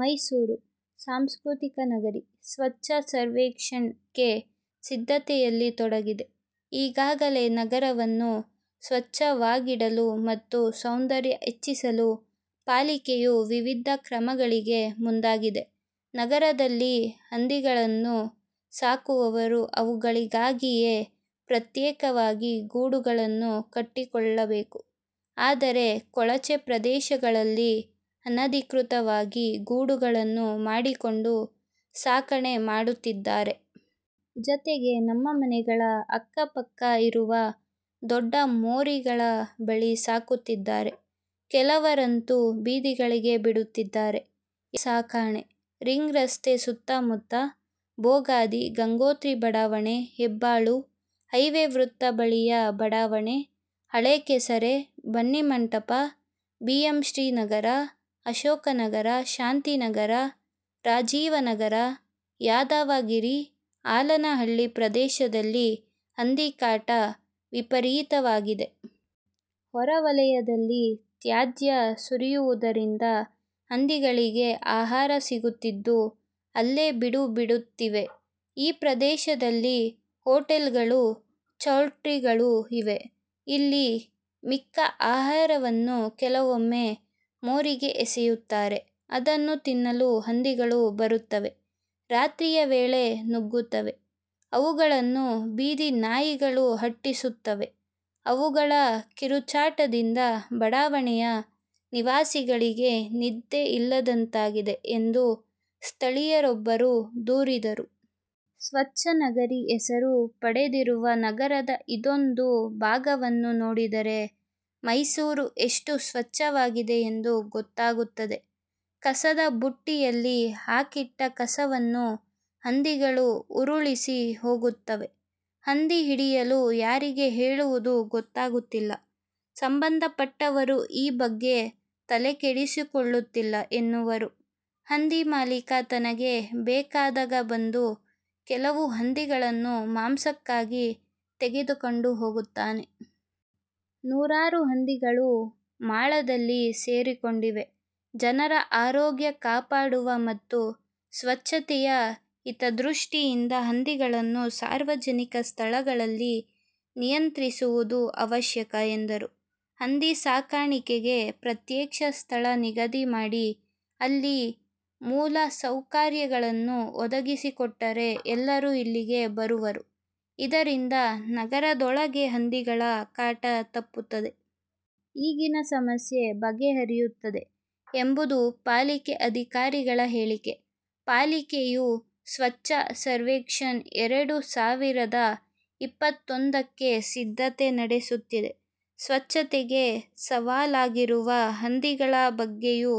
ಮೈಸೂರು: ಸಾಂಸ್ಕೃತಿಕ ನಗರಿ 'ಸ್ವಚ್ಛ ಸರ್ವೇಕ್ಷಣ್ 'ಕ್ಕೆ ಸಿದ್ಧತೆಯಲ್ಲಿ ತೊಡಗಿದೆ. ಈಗಾಗಲೇ ನಗರವನ್ನು ಸ್ವಚ್ಛವಾಗಿಡಲು ಮತ್ತು ಸೌಂದರ್ಯ ಹೆಚ್ಚಿಸಲು ಪಾಲಿಕೆಯು ವಿವಿಧ ಕ್ರಮಗಳಿಗೆ ಮುಂದಾಗಿದೆ. ನಗರದಲ್ಲಿ ಹಂದಿಗಳನ್ನು ಸಾಕುವವರು ಅವುಗಳಿಗಾಗಿಯೇ ಪ್ರತ್ಯೇಕವಾಗಿ ಗೂಡುಗಳನ್ನು ಕಟ್ಟಿಕೊಳ್ಳಬೇಕು. ಆದರೆ, ಕೊಳಚೆ ಪ್ರದೇಶಗಳಲ್ಲಿ ಅನಧಿಕೃತವಾಗಿ ಗೂಡುಗಳನ್ನು ಮಾಡಿಕೊಂಡು ಸಾಕಣೆ ಮಾಡುತ್ತಿದ್ದಾರೆ. ಜತೆಗೆ ನಮ್ಮ ಮನೆಗಳ ಅಕ್ಕಪಕ್ಕ ಇರುವ ದೊಡ್ಡ ಮೋರಿಗಳ ಬಳಿ ಸಾಕುತ್ತಿದ್ದಾರೆ. ಕೆಲವರಂತೂ ಬೀದಿಗಳಿಗೆ ಬಿಡುತ್ತಿದ್ದಾರೆ. ಎಲ್ಲೆಲ್ಲಿ ಸಾಕಣೆ: ರಿಂಗ್ ರಸ್ತೆ ಸುತ್ತ ಮುತ್ತ, ಬೋಗಾದಿ, ಗಂಗೋತ್ರಿ ಬಡಾವಣೆ, ಹೆಬ್ಬಾಳು, ಹೈವೇ ವೃತ್ತ ಬಳಿಯ ಬಡಾವಣೆ, ಹಳೆ ಕೆಸರೆ, ಬನ್ನಿಮಂಟಪ, ಬಿಎಂಶ್ರೀ ನಗರ, ಅಶೋಕನಗರ, ಶಾಂತಿ ನಗರ, ರಾಜೀವ್ ನಗರ, ಯಾದವಗಿರಿ, ಆಲನಹಳ್ಳಿ ಪ್ರದೇಶದಲ್ಲಿ ಹಂದಿ ಕಾಟ ವಿಪರೀತವಾಗಿದೆ. ಹೊರ ವಲಯದಲ್ಲಿ ತ್ಯಾಜ್ಯ ಸುರಿಯುವುದರಿಂದ ಹಂದಿಗಳಿಗೆ ಆಹಾರ ಸಿಗುತ್ತಿದ್ದು, ಅಲ್ಲೇ ಬೀಡು ಬಿಡುತ್ತಿವೆ. 'ಈ ಪ್ರದೇಶದಲ್ಲಿ ಹೋಟೆಲ್ಗಳು, ಚೌಲ್ಟ್ರಿಗಳು ಇವೆ. ಇಲ್ಲಿ ಮಿಕ್ಕ ಆಹಾರವನ್ನೂ ಕೆಲವೊಮ್ಮೆ ಮೋರಿಗೆ ಎಸೆಯುತ್ತಾರೆ. ಅದನ್ನು ತಿನ್ನಲು ಹಂದಿಗಳು ಬರುತ್ತವೆ. ರಾತ್ರಿಯ ವೇಳೆ ನುಗ್ಗುತ್ತವೆ. ಅವುಗಳನ್ನು ಬೀದಿ ನಾಯಿಗಳು ಅಟ್ಟಿಸುತ್ತವೆ. ಅವುಗಳ ಕಿರುಚಾಟದಿಂದ ಬಡಾವಣೆಯ ನಿವಾಸಿಗಳಿಗೆ ನಿದ್ದೆ ಇಲ್ಲದಂತಾಗಿದೆ' ಎಂದು ಸ್ಥಳೀಯರೊಬ್ಬರು ದೂರಿದರು. 'ಸ್ವಚ್ಛ ನಗರಿ ಹೆಸರು ಪಡೆದಿರುವ ನಗರದ ಇದೊಂದು ಭಾಗವನ್ನು ನೋಡಿದರೆ ಮೈಸೂರು ಎಷ್ಟು ಸ್ವಚ್ಛವಾಗಿದೆ ಎಂದು ಗೊತ್ತಾಗುತ್ತದೆ. ಕಸದ ಬುಟ್ಟಿಯಲ್ಲಿ ಹಾಕಿಟ್ಟ ಕಸವನ್ನು ಹಂದಿಗಳು ಉರುಳಿಸಿ ಹೋಗುತ್ತವೆ. ಹಂದಿ ಹಿಡಿಯಲು ಯಾರಿಗೆ ಹೇಳುವುದು ಗೊತ್ತಾಗುತ್ತಿಲ್ಲ ಸಂಬಂಧಪಟ್ಟವರು ಈ ಬಗ್ಗೆ ತಲೆಕೆಡಿಸಿಕೊಳ್ಳುತ್ತಿಲ್ಲ' ಎನ್ನುವರು. 'ಹಂದಿ ಮಾಲೀಕ ತನಗೆ ಬೇಕಾದಾಗ ಬಂದು ಕೆಲವು ಹಂದಿಗಳನ್ನು ಮಾಂಸಕ್ಕಾಗಿ ತೆಗೆದುಕೊಂಡು ಹೋಗುತ್ತಾನೆ. ನೂರಾರು ಹಂದಿಗಳು ಮಾಳದಲ್ಲಿ ಸೇರಿಕೊಂಡಿವೆ. ಜನರ ಆರೋಗ್ಯ ಕಾಪಾಡುವ ಮತ್ತು ಸ್ವಚ್ಛತೆಯ ಹಿತದೃಷ್ಟಿಯಿಂದ ಹಂದಿಗಳನ್ನು ಸಾರ್ವಜನಿಕ ಸ್ಥಳಗಳಲ್ಲಿ ನಿಯಂತ್ರಿಸುವುದು ಅವಶ್ಯಕ' ಎಂದರು. 'ಹಂದಿ ಸಾಕಾಣಿಕೆಗೆ ಪ್ರತ್ಯೇಕ ಸ್ಥಳ ನಿಗದಿ ಮಾಡಿ, ಅಲ್ಲಿ ಮೂಲಸೌಕರ್ಯಗಳನ್ನು ಒದಗಿಸಿಕೊಟ್ಟರೆ ಎಲ್ಲರೂ ಇಲ್ಲಿಗೆ ಬರುವರು. ಇದರಿಂದ ನಗರದೊಳಗೆ ಹಂದಿಗಳ ಕಾಟ ತಪ್ಪುತ್ತದೆ. ಈಗಿನ ಸಮಸ್ಯೆ ಬಗೆಹರಿಯುತ್ತದೆ' ಎಂಬುದು ಪಾಲಿಕೆ ಅಧಿಕಾರಿಗಳ ಹೇಳಿಕೆ. ಪಾಲಿಕೆಯು ಸ್ವಚ್ಛ ಸರ್ವೇಕ್ಷಣ್–ಎರಡು ಸಾವಿರದ ಇಪ್ಪತ್ತೊಂದಕ್ಕೆ ಸಿದ್ಧತೆ ನಡೆಸುತ್ತಿದೆ. ಸ್ವಚ್ಛತೆಗೆ ಸವಾಲಾಗಿರುವ ಹಂದಿಗಳ ಬಗ್ಗೆಯೂ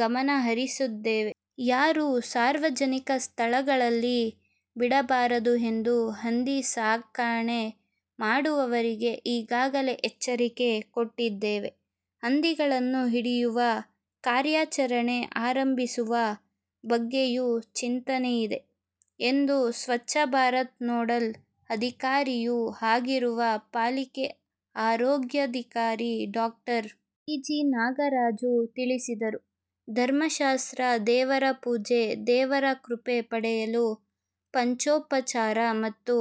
ಗಮನಹರಿಸಿದ್ದೇವೆ. ಯಾರೂ ಸಾರ್ವಜನಿಕ ಸ್ಥಳಗಳಲ್ಲಿ ಬಿಡಬಾರದು ಎಂದು ಹಂದಿ ಸಾಕಣೆ ಮಾಡುವವರಿಗೆ ಈಗಾಗಲೇ ಎಚ್ಚರಿಕೆ ಕೊಟ್ಟಿದ್ದೇವೆ. ಹಂದಿಗಳನ್ನು ಹಿಡಿಯುವ ಕಾರ್ಯಾಚರಣೆ ಆರಂಭಿಸುವ ಬಗ್ಗೆಯೂ ಚಿಂತನೆಯಿದೆ' ಎಂದು ಸ್ವಚ್ಛ ಭಾರತ್ ನೋಡೆಲ್ ಅಧಿಕಾರಿಯೂ ಆಗಿರುವ ಪಾಲಿಕೆ ಆರೋಗ್ಯಾಧಿಕಾರಿ ಡಾಕ್ಟರ್. ಡಿ. ಜಿ. ನಾಗರಾಜು ತಿಳಿಸಿದರು. ಧರ್ಮಶಾಸ್ತ್ರ ದೇವರ ಪೂಜೆ ದೇವರ ಕೃಪೆ ಪಡೆಯಲು ಪಂಚೋಪಚಾರ ಮತ್ತು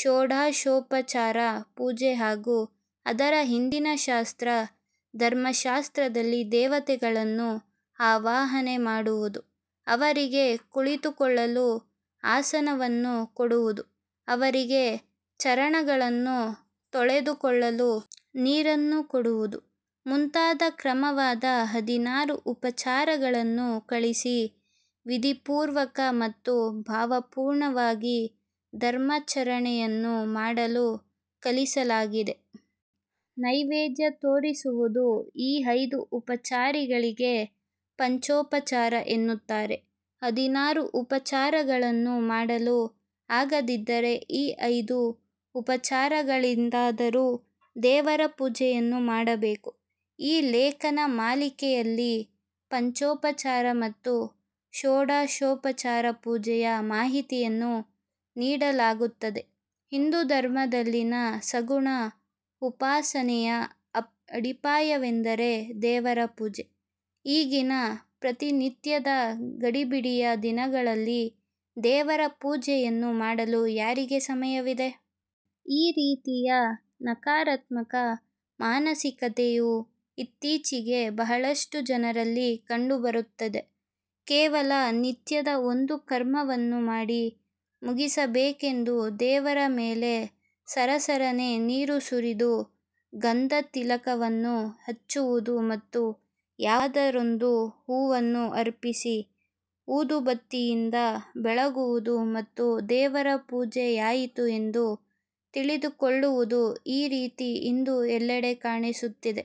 ಷೋಡಶೋಪಚಾರ ಪೂಜೆ ಹಾಗೂ ಅದರ ಹಿಂದಿನ ಶಾಸ್ತ್ರ ಧರ್ಮಶಾಸ್ತ್ರದಲ್ಲಿ ದೇವತೆಗಳನ್ನು ಆವಾಹನೆ ಮಾಡುವುದು, ಅವರಿಗೆ ಕುಳಿತುಕೊಳ್ಳಲು ಆಸನವನ್ನು ಕೊಡುವುದು, ಅವರಿಗೆ ಚರಣಗಳನ್ನು ತೊಳೆದುಕೊಳ್ಳಲು ನೀರನ್ನು ಕೊಡುವುದು ಮುಂತಾದ ಕ್ರಮವಾದ ಹದಿನಾರು ಉಪಚಾರಗಳನ್ನು ಕಲಿಸಿ ವಿಧಿಪೂರ್ವಕ ಮತ್ತು ಭಾವಪೂರ್ಣವಾಗಿ ಧರ್ಮಾಚರಣೆಯನ್ನು ಮಾಡಲು ಕಲಿಸಲಾಗಿದೆ. ನೈವೇದ್ಯ ತೋರಿಸುವುದು ಈ ಐದು ಉಪಚಾರಗಳಿಗೆ 'ಪಂಚೋಪಚಾರ' ಎನ್ನುತ್ತಾರೆ. ಹದಿನಾರು ಉಪಚಾರಗಳನ್ನು ಮಾಡಲು ಆಗದಿದ್ದರೆ ಈ ಐದು ಉಪಚಾರಗಳಿಂದಾದರೂ ದೇವರ ಪೂಜೆಯನ್ನು ಮಾಡಬೇಕು. ಈ ಲೇಖನಮಾಲಿಕೆಯಲ್ಲಿ ಪಂಚೋಪಚಾರ ಮತ್ತು ಷೋಡಶೋಪಚಾರ ಪೂಜೆಯ ಮಾಹಿತಿಯನ್ನು ನೀಡಲಾಗುತ್ತದೆ. ಹಿಂದೂ ಧರ್ಮದಲ್ಲಿನ ಸಗುಣ ಉಪಾಸನೆಯ ಅಡಿಪಾಯವೆಂದರೆ 'ದೇವರ ಪೂಜೆ'. ಈಗಿನ 'ಪ್ರತಿನಿತ್ಯದ ಗಡಿಬಿಡಿಯ ದಿನಗಳಲ್ಲಿ ದೇವರ ಪೂಜೆ ಯನ್ನು ಮಾಡಲು ಯಾರಿಗೆ ಸಮಯವಿದೆ? ' ಈ ರೀತಿಯ ನಕಾರಾತ್ಮಕ ಮಾನಸಿಕತೆಯು ಇತ್ತೀಚಿಗೆ ಬಹಳಷ್ಟು ಜನರಲ್ಲಿ ಕಂಡುಬರುತ್ತಿದೆ. ಕೇವಲ ನಿತ್ಯದ ಒಂದು ಕರ್ಮವನ್ನು ಮಾಡಿ ಮುಗಿಸಬೇಕೆಂದು ದೇವರ ಮೇಲೆ ಸರಸರನೆ ನೀರು ಸುರಿದು ಗಂಧತಿಲಕವನ್ನು ಹಚ್ಚುವುದು ಮತ್ತು ಯಾವುದಾದರೊಂದು ಹೂವನ್ನು ಅರ್ಪಿಸಿ ಊದುಬತ್ತಿಯಿಂದ ಬೆಳಗುವುದು ಮತ್ತು 'ದೇವರ ಪೂಜೆ'ಯಾಯಿತು ಎಂದು ತಿಳಿದುಕೊಳ್ಳುವುದು; ಈ ರೀತಿ ಇಂದು ಎಲ್ಲೆಡೆ ಕಾಣಿಸುತ್ತಿದೆ.